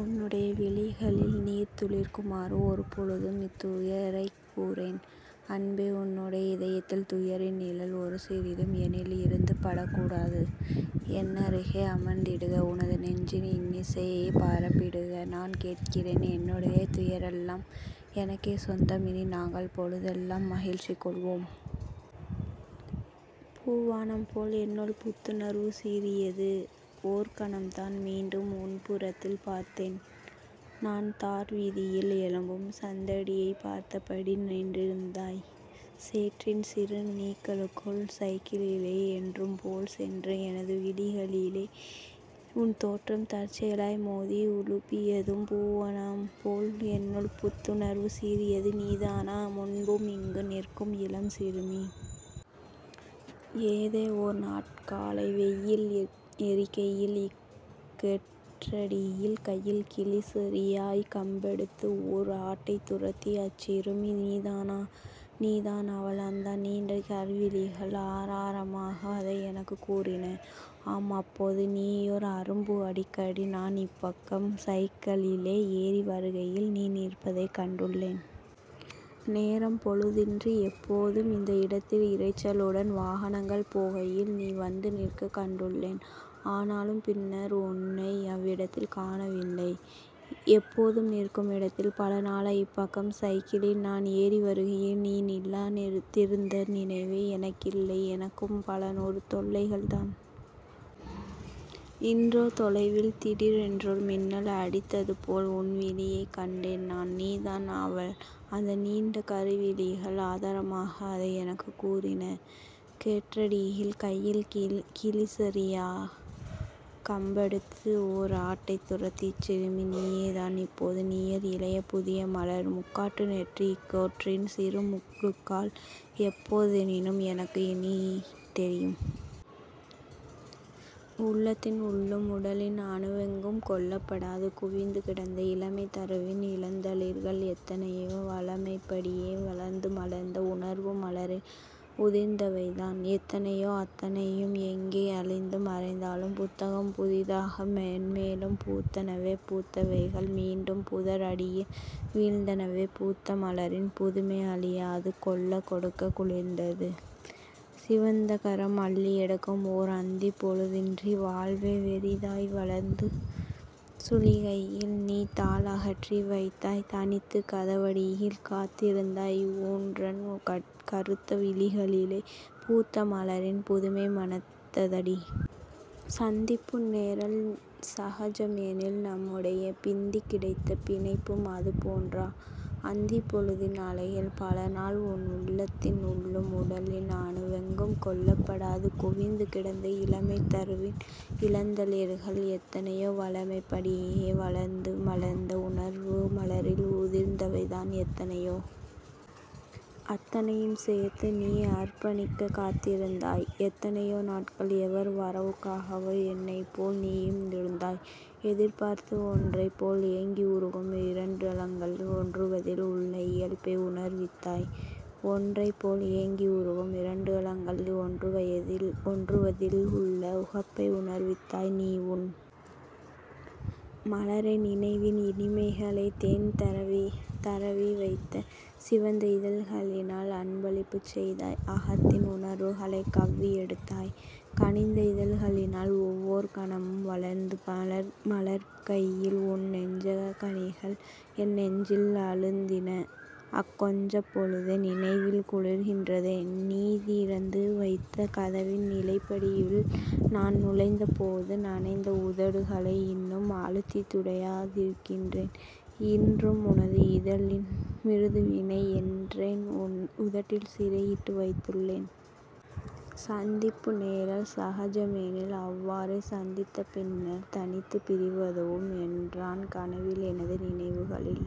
உன்னுடைய விழிகளில் நீர் துளிர்க்குமாறு ஒரு பொழுதும் இனித்துயரைக் கூறேன் அன்பே உன்னுடைய இதயத்தில் துயரின் நிழல் ஒருசிறிதும் எனில் இருந்து படக்கூடாது. என்னருகே அமர்ந்திடுக உனது நெஞ்சின் இன்னிசையைப் பரப்பிடுக நான் கேட்கின்றேன் என்னுடைய துயரெல்லாம் எனக்கே சொந்தம் இனி நாங்கள் பொழுதெல்லாம் மகிழ்ச்சி கொள்வோம். பூவாணம் போல் என்னுள் புத்துணர்வு சீறியது ஓர்கணம்தான் மீண்டும் உன்புறத்தில் பார்த்தேன் நான். தார்வீதியில் எழும்பும் சந்தடியைப் பார்த்தபடி நின்றிருந்தாய் சேற்றின் சிறு நீக்கலுக்குள். சைக்கிளிலே என்றும்போல் சென்ற எனது விழிகளிலே உன் தோற்றம் தற்செயலாய் மோதி உலுப்பியதும் பூவாணம்போல் என்னுள் புத்துணர்வு சீறியது. நீதானா முன்பும் இங்கு நிற்கும் இளம் சிறுமி? ஏதோ ஓர் நாட்காலை வெய்யில் எரிக்கையில் இக் கேற்றடியில் கையில் கிளிசெறியாக் கம்பெடுத்து ஓர் ஆட்டைத் துரத்திய அச்சிறுமி நீதானா? நீதான் அவள் அந்த நீண்ட கருவிழிகள் ஆராரமாக அதை எனக்குக் கூறின. ஆம் அப்போது நீயோர் அரும்பு. அடிக்கடி நான் இப்பக்கம் சைக்களிலே ஏறி வருகையில் நீ நிற்பதனைக் கண்டுள்ளேன். நேரம் பொழுதின்றி எப்போதும் இந்த இடத்தில் இரைச்சலுடன் வாகனங்கள் போகையில் நீ வந்து நிற்கக் கண்டுள்ளேன். ஆனாலும் பின்னர் உனை அவ்விடத்தில் காணவில்லை. எப்போதும் நிற்கும் இடத்தில் பலநாளாய் இப்பக்கம் சைக்கிளில் நான் ஏறி வருகையில் நீ நில்லா திருந்த நினைவே எனக்கில்லை. எனக்கும் பலநூறு தொல்லைகள்தான். இன்றோ, தொலைவில் திடீரென்றோர் மின்னல் அடித்ததுபோல் உன்விழியைக் கண்டேன் நான். நீதான் அவள் அந்த நீண்ட கருவிழிகள் ஆதாரமாக அதை எனக்குக் கூறின. கேற்றடியில் கையில் கிளிசெறியாக் கம்பெடுத்து ஓர் ஆட்டைத் துரத்திய அச்சிறுமி நீயேதான். இப்போது நீயோர் இளைய புதியமலர். முக்காட்டு நெற்றி இக் கேற்றின் சிறுமுடுக்கால் எப்போ தெனினும் எனக்கு இனித் தெரியும். உள்ளத்தின் உள்ளும் உடலின் அணுவெங்கும் கொள்ளப்படாது குவிந்து கிடந்த இளமைத் தருவின் இளந்தளிர்கள் எத்தைனையோ? வழமைப்படியே வளர்ந்து மலர்ந்த உணர்வு மலரில் உதிர்ந்தவைதான் எத்தனையோ அத்தனையும் எங்கோ அழிந்து மறைந்தாலும் புத்தம் புதிதாக மென்மேலும் பூத்தனவே பூத்தவைகள் மீண்டும் புதர் அடியில் வீழ்ந்தனவே பூத்த மலரின் புதுமை அழியாது கொள்ளக் கொடுக்க குளிர்ந்து சிவந்தகரம் அள்ளி எடுக்கும் ஓர் அந்திப் பொழுதின்றி வாழ்வே வெறிதாய் வளர்ந்து சுழிகையில் நீ தாள் அகற்றி வைத்தாய் தனித்துக் கதவடியில் காத்திருந்தாய் உன்றன் கறுத்த விழிகளிலே பூத்த மலரின் புதுமை மணத்ததடி... சந்திப்பு நேரல் சகஜம் எனில் நம்முடைய பிந்திக் கிடைத்த பிணைப்பும் அதுபோன்றா? அந்திப் பொழுதின் அழகில் பலநாள் உன் உள்ளத்தின் உள்ளும் உடலின் அணுவெங்கும் கொள்ளப்படாது குவிந்து கிடந்த இளமைத் தருவின் இளந்தளிர்கள் எத்தனையோ? வழமைப் படியே வளர்ந்து மலர்ந்த உணர்வு மலரில் உதிர்ந்தவைதான் எத்தனையோ? அத்தனையும் சேர்த்து நீ அர்ப்பணிக்கக் காத்திருந்தாய் எத்தனையோ நாட்கள் எவர் வரவுக்காகவோ என்னைப்போல் நீயும் இருந்தாய் எதிர்பார்த்து ஒன்றைப் போல் ஏங்கி உருகும் இரண்டுளங்கள் ஒன்றுவதில் உள்ள இயல்பை உணர்வித்தாய் ஒன்றைப் போல் ஏங்கி உருகும் இரண்டுளங்கள் ஒன்றுவதில் உள்ள உகப்பை உணர்வித்தாய். நீ உன் மலரை நினைவின் இனிமைகளை தேன் தரவிவைத்த சிவந்த இதழ்களினால் அன்பளிப்புச் செய்தாய் அகத்தின் உணர்வுகளைக் கவ்வி எடுத்தாய் கனிந்த இதழ்களினால் ஒவ்வோர் கணமும் வளர்ந்து மலர்கையில் உன் நெஞ்சக் கனிகள் என் நெஞ்சில் அழுந்தின அக் கொஞ்சப் பொழுதோ நினைவில் குளிர்கிறதே நீதிறந்து வைத்த கதவின் நிலைப்படியுள் நான் நுழைந்த போது நனைந்த உதடுகளை இன்னும் அழுத்தித் துடையா திருக்கின்றேன் இன்றும் உனது இதழின் மிருதுவினை என்றன் உதட்டில் சிறையிட்டு வைத்துள்ளேன். சந்திப்பு நேரல் சகஜம் எனில் அவ்வாறே சந்தித்த பின்னர் தனித்துப் பிரிவதுவும் என்றன் கனவில் எனது நினைவுகளில்